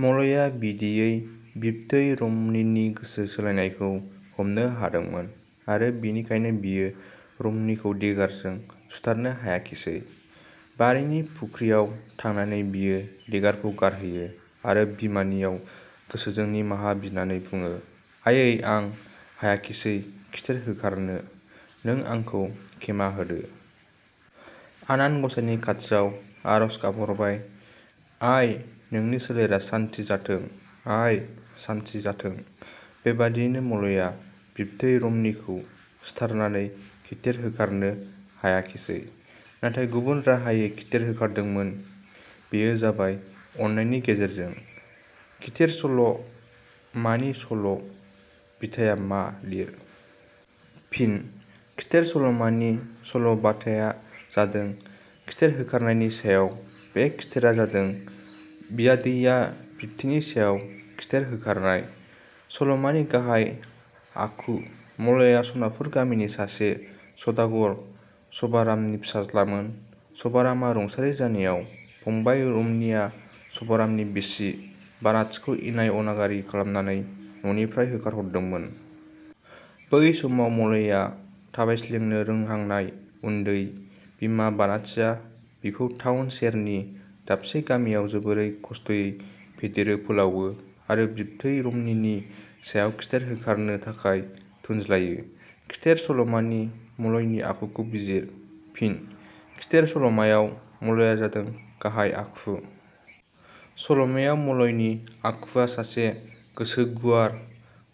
मलया बिदियै बिबथै रमनिनि गोसो सोलायनायखौ हमनो हादोंमोन आरो बेनिखायनो बियो रमनिखौ देगारजों सुथारनो हायाखिसै। बारिनि फुख्रियाव थांनानै बियो देगारखौ गारहैयो आरो बिमानियाव गोसोजों निमाहा बिनानै बुङो"आइयै आं हायाखिसै खिथेर होखारनो। नों आंखौ क्षेमा होदो। आनान गसाइनि खाथियाव आरज गाबहरबाय आइ नोंनि सोलेरा सान्थि जाथों। आइ सान्थि जाथों। " बेबादियैनो मलया बिबथै रमनिखौ सिथारनानै खिथेर होखारनो हायाखैसै, नाथाय गुबुन राहायै खिथेर होखारदोंमोन, बेयो जाबाय अननायनि गेजेरजों। खिथेर सल' मानि सल' बिथाया मा लिर। फिनः खिथेर सलमानि सल' बाथाया जादों खिथेर होखारनायनि सायाव। बे खिथेरा जादों बियादैया बिबथैनि सायाव खिथेर होखारनाय। सल 'मानि गाहाइ आखु मलया सनापुर गामिनि सासे सदागर, सभारामनि फिसाज्लामोन। सभारामआ रुंसारि जानायाव फंबाइ रमनिया सभारामनि बिसि बानाथिखौ इनाय अनागारि खालामनानै न 'निफ्राय होखारहरदोंमोन। बै समाव मलया थाबायस्लिंनो रोंहांनाय उन्दै। बिमा बानाथिया बिखौ थाउन सेरनि दाबसे गामियाव जोबोर खस्थयै फेदेरो फोलावो आरो बिबथै रमनिनि सायाव खिथेर होखारनो थाखाय थुनज्लायो। खिथेर सलमानि मलयनि आखुखौ बिजिर। फिनः खिथेर सल 'मायाव मलयानो जादों गाहाइ आखु। सल 'मायाव मलयनि आखुवा सासे गोसो गुवार,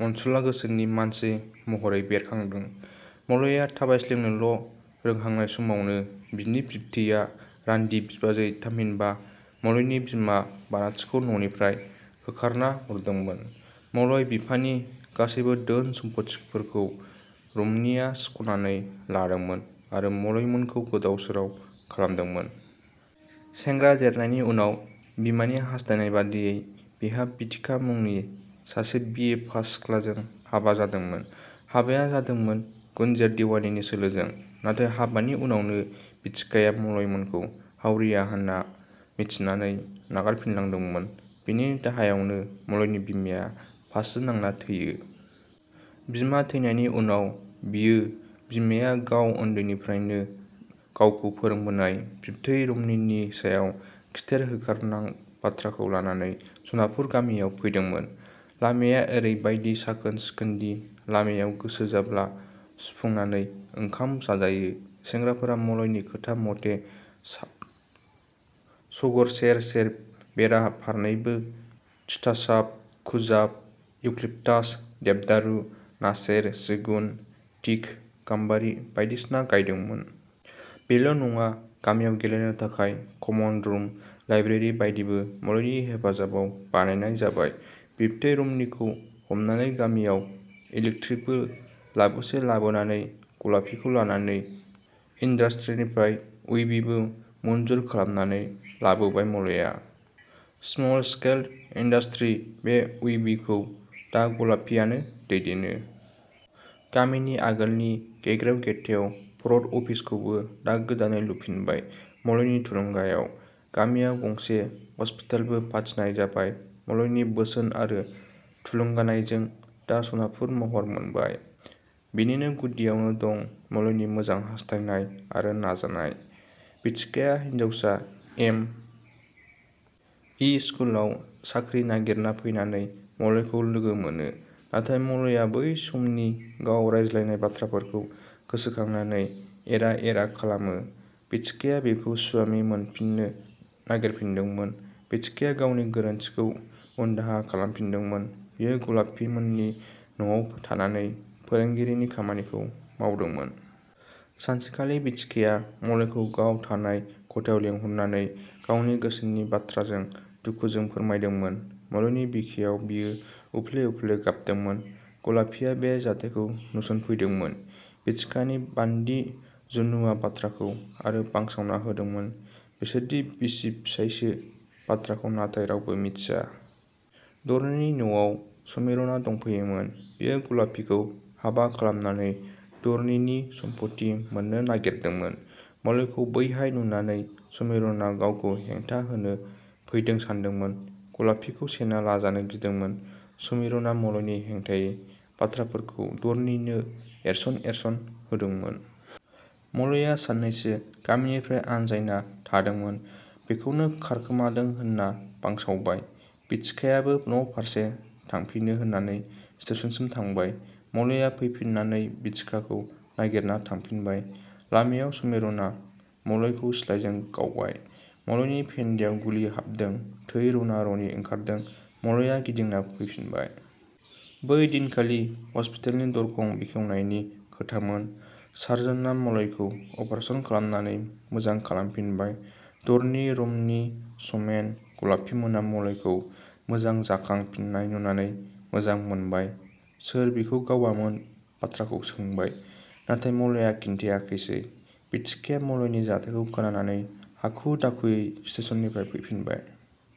अनसुला गोसोनि मानसि महरै बेरखांदों। मलया थाबायस्लिंनोल' रोहांनाय समावनो बिनि बिबथैया रान्दि बिबाजै थामहिनबा मलयनि बिमा बानाथिखौ ननिफ्राय होखारना हरदोंमोन। मलय बिफानि गासैबो धोन सम्फथिफोरखौ रमनिया सिखनानै लादोंमोन आरो मलयमोनखौ गोदाव सोराव खालामदोंमोन। सेंग्रा देरनायनि उनाव बिमानि हास्थायनाय बादियै बिहा बिथिका मुंनि सासे बि. ए. पास सिख्लाजों हाबा जादोंमोन। हाबाया जादोंमोन गुनजेर देवानिनि सोलोजों। नाथाय हाबानि उनावनो बिथिकाया मलयमोनखौ हावरिया होनना मिथिनानै नागारलांफिनदोंमोन। बेनि दाहायावनो मलयनि बिमाया फासि नांना थैयो। बिमा थैनायनि उनाव बियो बिमाया गाव उन्दैनिफ्रायनो गावखौ फोरोंबोनाय बिबथै रमनिनि सायाव खिथेर होखारनां बाथ्राखौ लानानै सनापुर गामियाव फैदोंमोन। लामाया एरै बायदि साखोन सिखोनदि लामायाव गोसो जाब्ला सुफुंनानै ओंखाम जाजायो। सेंग्राफोरा मलयनि खोथा मथे सरग सेर सेर बेरा फारनैबो तितासाप, खुजाब, इउक्लिपटास, देवदारू, नासेर, सिगुन, टिक, गाम्बारि बायदिसिना गायदोंमोन। बेल नङा, गामियाव गेलेनो थाखाय कमन रुम, लाइब्रेरी बायदिबो मलयनि हेफाजाबाव बानायनाय जाबाय। बिबथै रमनिखौ हमनानै गामियाव इलेकट्रिकबो लाबोसे लाबोनानै गलापीखौ लानानै इन्द्रास्ट्रीनिफ्राइ उइभिबो मन्जुर खालामनानै लाबोबाय मलया। स्मल स्केल इन्द्राजस्त्री बे उइभिखौ दा गलापीयानो दैदेनो। गामिनि आगोलनि गेग्रेव गेथेव परट अफिसखौबो दा गोदानै लुफिनबाय, मलयनि थुलुंगायाव।। गामियाव गंसे हस्पिटालबो फाथिनाय जाबाय मलयनि बोसोन आरो थुलुंगानायजोंनो। दा सनापुर महर मोनबाय। बेनिनो गुदियावनो दं मलयनि मोजां हास्थायनाय आरो नाजानाय। बिथिकाया हिन्जावसा एम. इ. स्कुलाव साख्रि नागिरना फैनानै मलयखौ लोगोमोनो। नाथाय मलया बै समनि गाव रायज्लायनाय बाथ्राफोरखौ गोसोखांनानै एरा एरा खालामो बिथिकाया बिखौ सुवामि मोनफिनो नागिरफिनदोंमोन। बिथिकाया गावनि गोरोन्थिखौ उनदाहा खालामफिनदोंमोन। बियो गलापीमोननि नआव थानानै फोरोंगिरिनि खामानिखौ मावदोंमोन। सानसेखालि बिथिकाया मलयखौ गाव थानाय खथायाव लेंहरनानै गावनि गोसोनि बाथ्राखौ दुखुजों फोरमायदोंमोन। मलयनि बिखायाव बियो उफ्ले उफ्ले गाबदोंमोन। गलापीया बे जाथाइखौ नुसनफैदोंमोन। बिथिकानि बान्दि जुनुवा बाथ्राखौ आरो बांसावना होदोंमोन। बिसोरदि बिसि-फिसाइसो बाथ्राखौ नाथाय रावबो मिथिया। धरणीनि न 'आव समिरनआ दंफैयोमोन। बियो गलापीखौ हाबा खालामनानै धरणीनि सम्फथि मोननो नागिरदोंमोन। मलयखौ बैहाय नुनानै समिरनआ गावखौ हेंथा होनो फैदों सानदोंमोन। गलापीखौ सेना लाजानो गिदोंमोन। समिरनआ मलयनि हेंथायै बाथ्राफोरखौ घरणीनो एरसन एरसन होदोंमोन। मलया साननैसो गामिनिफ्राय आनजायना थादोंमोन बेखौनो खारखोमादों होनना बांसावबाय। बिथिकायाबो न' फारसे थांफिनो होननानै स्टेसनसिम थांबाय। मलया फैफिननानै बिथिकाखौ नागिरना थांफिनबाय। लामायाव समिरनआ मलयखौ सिलाइजों गावबाय। मलयनि फेन्दायाव गुलि हाबदों। थै रना रनि ओखारदों मलया गिदिंना फैफिनबाय। बै दिनखालि हस्पिटालनि दरखं बेखेवनायनि खोथामोन। सार्जना मलयखौ अपारेसन खालामनानै मोजां खालामफिनबाय। धरणी, रमनि, समेन, गलापीमोना मलयखौ मोजां जाखां फिननाय नुनानै मोजां मोनबाय। सोर बिखौ गावामोन बाथ्राखौ सोंबाय। नाथाय मलया खिन्थायाखैसै। बिथिकाया मलयनि जाथाइखौ खोनानानै हाखु दाखुयै स्टेसननिफ्राय फैफिनबाय।